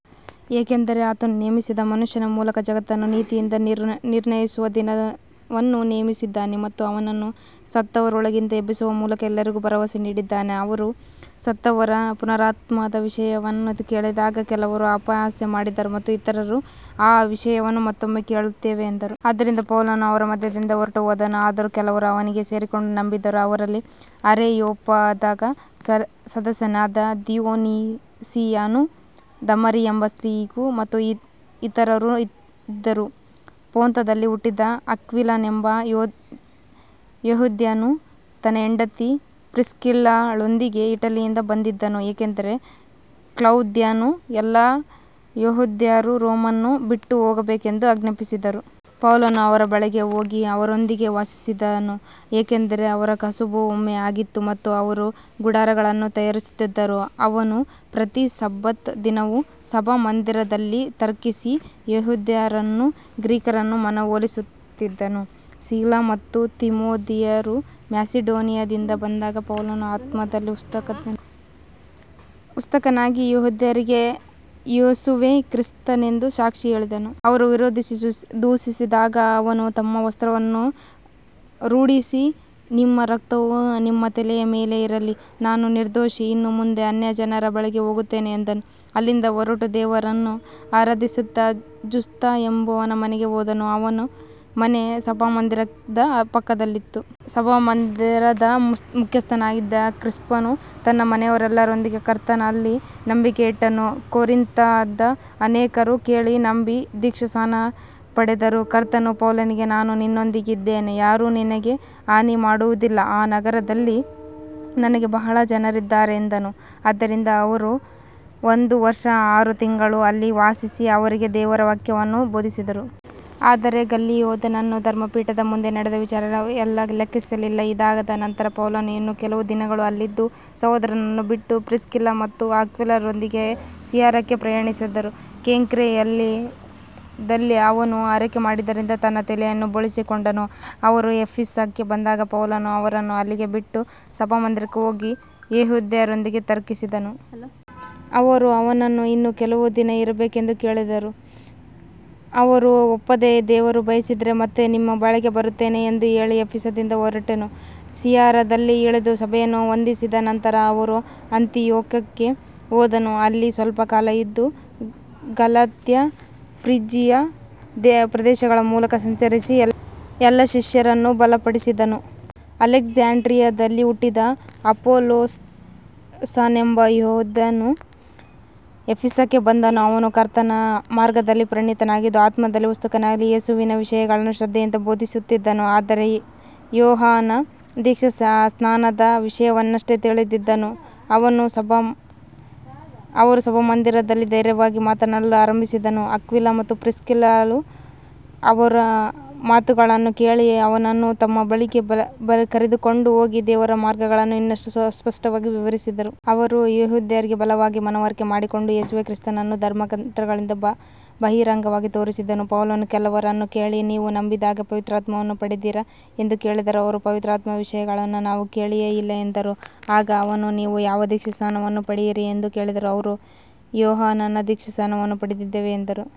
ಯಾಕಂದರೆ ಆತನು ನೇಮಿಸಿದ ಮನುಷ್ಯನ ಮೂಲಕ ಜಗತ್ತನ್ನು ನೀತಿಯಿಂದ ನಿರ್ಣಯಿಸುವ ದಿನವನ್ನು ನೇಮಿಸಿದ್ದಾನೆ ಮತ್ತು ಅವನನ್ನು ಸತ್ತವರೊಳಗಿಂದ ಎಬ್ಬಿಸುವ ಮೂಲಕ ಎಲ್ಲರಿಗೂ ಭರವಸೆ ನೀಡಿದ್ದಾನೆ. ಅವರು ಸತ್ತವರ ಪುನರುತ್ಥಾನದ ವಿಷಯವನ್ನು ಕೇಳಿದಾಗ ಕೆಲವರು ಅಪಹಾಸ್ಯ ಮಾಡಿದರು ಮತ್ತು ಇತರರು ಈ ವಿಷಯವನ್ನು ಮತ್ತೊಮ್ಮೆ ಕೇಳುತ್ತೇವೆ ಎಂದರು. ಆದ್ದರಿಂದ ಪೌಲನು ಅವರ ಮಧ್ಯದಿಂದ ಹೊರಟುಹೋದನು. ಆದರೂ ಕೆಲವರು ಅವನಿಗೆ ಸೇರಿಕೊಂಡು ನಂಬಿದರು. ಅವರಲ್ಲಿ ಅರೆಯೋಪಾಗದ ಸದಸ್ಯನಾದ ದಿಯೊನಿಸಿಯನೂ, ದಮಾರಿಯೆಂಬ ಸ್ತ್ರೀಯೂ ಮತ್ತು ಇತರರೂ ಇದ್ದರು. ಪೊಂತದಲ್ಲಿ ಹುಟ್ಟಿದ ಅಕ್ವಿಲನೆಂಬ ಯೆಹೂದ್ಯನು ತನ್ನ ಹೆಂಡತಿ ಪ್ರಿಸ್ಕಿಲ್ಲಳೊಂದಿಗೆ ಇಟಲಿಯಿಂದ ಬಂದಿದ್ದನು, ಏಕೆಂದರೆ ಕ್ಲೌದ್ಯನು ಎಲ್ಲಾ ಯೆಹೂದ್ಯರು ರೋಮನ್ನು ಬಿಟ್ಟುಹೋಗಬೇಕೆಂದು ಆಜ್ಞಾಪಿಸಿದ್ದನು. ಪೌಲನು ಅವರ ಬಳಿಗೆ ಹೋಗಿ ಅವರೊಂದಿಗೆ ವಾಸಿಸಿದನು, ಏಕೆಂದರೆ ಅವರ ಕಸುಬು ಒಂದೇ ಆಗಿತ್ತು ಮತ್ತು ಅವರು ಗುಡಾರಗಳನ್ನು ತಯಾರಿಸುತ್ತಿದ್ದರು. ಅವನು ಪ್ರತಿ ಸಬ್ಬತ್ ದಿನವೂ ಸಭಾಮಂದಿರದಲ್ಲಿ ತರ್ಕಿಸಿ ಯೆಹೂದ್ಯರನ್ನೂ ಗ್ರೀಕರನ್ನೂ ಮನವೊಲಿಸುತ್ತಿದ್ದನು. ಸೀಲ ಮತ್ತು ತಿಮೊಥೆಯರು ಮ್ಯಾಸಿಡೋನಿಯಾದಿಂದ ಬಂದಾಗ ಪೌಲನು ಆತ್ಮದಲ್ಲಿ ಉತ್ಸುಕನಾಗಿ ಯೆಹೂದ್ಯರಿಗೆ ಯೇಸುವೇ ಕ್ರಿಸ್ತನೆಂದು ಸಾಕ್ಷಿ ಹೇಳಿದನು. ಅವರು ವಿರೋಧಿಸಿ ದೂಷಿಸಿದಾಗ ಅವನು ತನ್ನ ವಸ್ತ್ರವನ್ನು ಝಾಡಿಸಿ, ನಿಮ್ಮ ರಕ್ತವು ನಿಮ್ಮ ತಲೆಯ ಮೇಲೆಯೇ ಇರಲಿ, ನಾನು ನಿರ್ದೋಷಿ, ಇನ್ನು ಮುಂದೆ ಅನ್ಯಜನರ ಬಳಿಗೆ ಹೋಗುತ್ತೇನೆ ಎಂದನು. ಅಲ್ಲಿಂದ ಹೊರಟು ದೇವರನ್ನು ಆರಾಧಿಸುತ್ತಿದ್ದ ಜುಸ್ತ ಎಂಬವನ ಮನೆಗೆ ಹೋದನು, ಅವನ ಮನೆ ಸಭಾಮಂದಿರದ ಪಕ್ಕದಲ್ಲಿತ್ತು. ಸಭಾಮಂದಿರದ ಮುಖ್ಯಸ್ಥನಾದ ಕ್ರಿಸ್ಪನು ತನ್ನ ಮನೆಯವರೆಲ್ಲರೊಂದಿಗೆ ಕರ್ತನಲ್ಲಿ ನಂಬಿಕೆಯಿಟ್ಟನು. ಕೊರಿಂಥದ ಅನೇಕರು ಕೇಳಿ ನಂಬಿ ದೀಕ್ಷಾಸ್ನಾನ ಪಡೆದರು. ಕರ್ತನು ಪೌಲನಿಗೆ, ನಾನು ನಿನ್ನೊಂದಿಗೆ ಇದ್ದೇನೆ, ಯಾರೂ ನಿನಗೆ ಹಾನಿ ಮಾಡುವುದಿಲ್ಲ, ಈ ನಗರದಲ್ಲಿ ನನಗೆ ಬಹಳ ಜನರಿದ್ದಾರೆ ಎಂದನು. ಆದ್ದರಿಂದ ಅವನು ಒಂದು ವರ್ಷ ಆರು ತಿಂಗಳು ಅಲ್ಲಿ ವಾಸಿಸಿ ಅವರಿಗೆ ದೇವರ ವಾಕ್ಯವನ್ನು ಬೋಧಿಸಿದನು. ಆದರೆ ಗಲ್ಲಿಯೋನನು ಧರ್ಮಪೀಠದ ಮುಂದೆ ನಡೆದ ವಿಚಾರಣೆಯನ್ನು ಲೆಕ್ಕಿಸಲಿಲ್ಲ. ಇದಾದ ನಂತರ ಪೌಲನು ಇನ್ನೂ ಕೆಲವು ದಿನಗಳು ಅಲ್ಲಿದ್ದು, ಸಹೋದರರನ್ನು ಬಿಟ್ಟು ಪ್ರಿಸ್ಕಿಲ್ಲ ಮತ್ತು ಅಕ್ವಿಲರೊಂದಿಗೆ ಸಿರಿಯಾಕ್ಕೆ ಪ್ರಯಾಣಿಸಿದನು. ಕೆಂಕ್ರೆಯದಲ್ಲಿ ಅವನು ಹರಕೆ ಮಾಡಿದ್ದರಿಂದ ತನ್ನ ತಲೆಯನ್ನು ಬೋಳಿಸಿಕೊಂಡನು. ಅವರು ಎಫೆಸಕ್ಕೆ ಬಂದಾಗ ಪೌಲನು ಅವರನ್ನು ಅಲ್ಲಿಯೇ ಬಿಟ್ಟು ಸಭಾಮಂದಿರಕ್ಕೆ ಹೋಗಿ ಯೆಹೂದ್ಯರೊಂದಿಗೆ ತರ್ಕಿಸಿದನು. ಅವರು ಅವನನ್ನು ಇನ್ನೂ ಕೆಲವು ದಿನ ಇರಬೇಕೆಂದು ಕೇಳಿದರೂ ಅವನು ಒಪ್ಪದೆ, ದೇವರು ಬಯಸಿದರೆ ಮತ್ತೆ ನಿಮ್ಮ ಬಳಿಗೆ ಬರುತ್ತೇನೆ ಎಂದು ಹೇಳಿ ಎಫೆಸದಿಂದ ಹೊರಟನು. ಸಿಸೇರಿಯಾದಲ್ಲಿ ಇಳಿದು ಸಭೆಯನ್ನು ವಂದಿಸಿದ ನಂತರ ಅವನು ಅಂತಿಯೋಕ್ಯಕ್ಕೆ ಹೋದನು. ಅಲ್ಲಿ ಸ್ವಲ್ಪ ಕಾಲ ಇದ್ದು ಗಲಾತ್ಯ ಮತ್ತು ಫ್ರಿಜಿಯಾ ಪ್ರದೇಶಗಳ ಮೂಲಕ ಸಂಚರಿಸಿ ಎಲ್ಲಾ ಶಿಷ್ಯರನ್ನು ಬಲಪಡಿಸಿದನು. ಅಲೆಕ್ಸಾಂದ್ರಿಯಾದಲ್ಲಿ ಹುಟ್ಟಿದ ಅಪೊಲ್ಲೋಸನೆಂಬ ಯೆಹೂದ್ಯನು ಎಫೆಸಕ್ಕೆ ಬಂದನು. ಅವನು ಕರ್ತನ ಮಾರ್ಗದಲ್ಲಿ ಪರಿಣತನಾಗಿದ್ದು, ಆತ್ಮದಲ್ಲಿ ಉತ್ಸುಕನಾಗಿ ಯೇಸುವಿನ ವಿಷಯಗಳನ್ನು ಶ್ರದ್ಧೆಯಿಂದ ಬೋಧಿಸುತ್ತಿದ್ದನು, ಆದರೆ ಯೋಹಾನನ ದೀಕ್ಷಾಸ್ನಾನದ ವಿಷಯವನ್ನಷ್ಟೇ ತಿಳಿದಿದ್ದನು. ಅವನು ಸಭಾಮಂದಿರದಲ್ಲಿ ಧೈರ್ಯವಾಗಿ ಮಾತನಾಡಲು ಆರಂಭಿಸಿದನು. ಅಕ್ವಿಲ ಮತ್ತು ಪ್ರಿಸ್ಕಿಲ್ಲರು ಅವನ ಮಾತುಗಳನ್ನು ಕೇಳಿ ಅವನನ್ನು ತಮ್ಮ ಬಳಿಗೆ ಕರೆದುಕೊಂಡು ಹೋಗಿ ದೇವರ ಮಾರ್ಗವನ್ನು ಇನ್ನಷ್ಟು ಸ್ಪಷ್ಟವಾಗಿ ವಿವರಿಸಿದರು. ಅವನು ಯೆಹೂದ್ಯರಿಗೆ ಬಲವಾಗಿ ಮನವರಿಕೆ ಮಾಡಿಕೊಟ್ಟು, ಯೇಸುವೇ ಕ್ರಿಸ್ತನೆಂದು ಧರ್ಮಗ್ರಂಥಗಳಿಂದ ಬಹಿರಂಗವಾಗಿ ತೋರಿಸಿದನು. ಪೌಲನು ಕೆಲವರನ್ನು ಕೇಳಿ, ನೀವು ನಂಬಿದಾಗ ಪವಿತ್ರಾತ್ಮವನ್ನು ಪಡೆದಿರಾ ಎಂದು ಕೇಳಿದನು. ಅವರು, ಪವಿತ್ರಾತ್ಮದ ವಿಷಯವನ್ನು ನಾವು ಕೇಳಿಯೇ ಇಲ್ಲ ಎಂದರು. ಆಗ ಅವನು, ನೀವು ಯಾವ ದೀಕ್ಷಾಸ್ನಾನವನ್ನು ಪಡೆದಿರಿ ಎಂದು ಕೇಳಿದನು. ಅವರು, ಯೋಹಾನನ ದೀಕ್ಷಾಸ್ನಾನವನ್ನು ಪಡೆದಿದ್ದೇವೆ ಎಂದರು.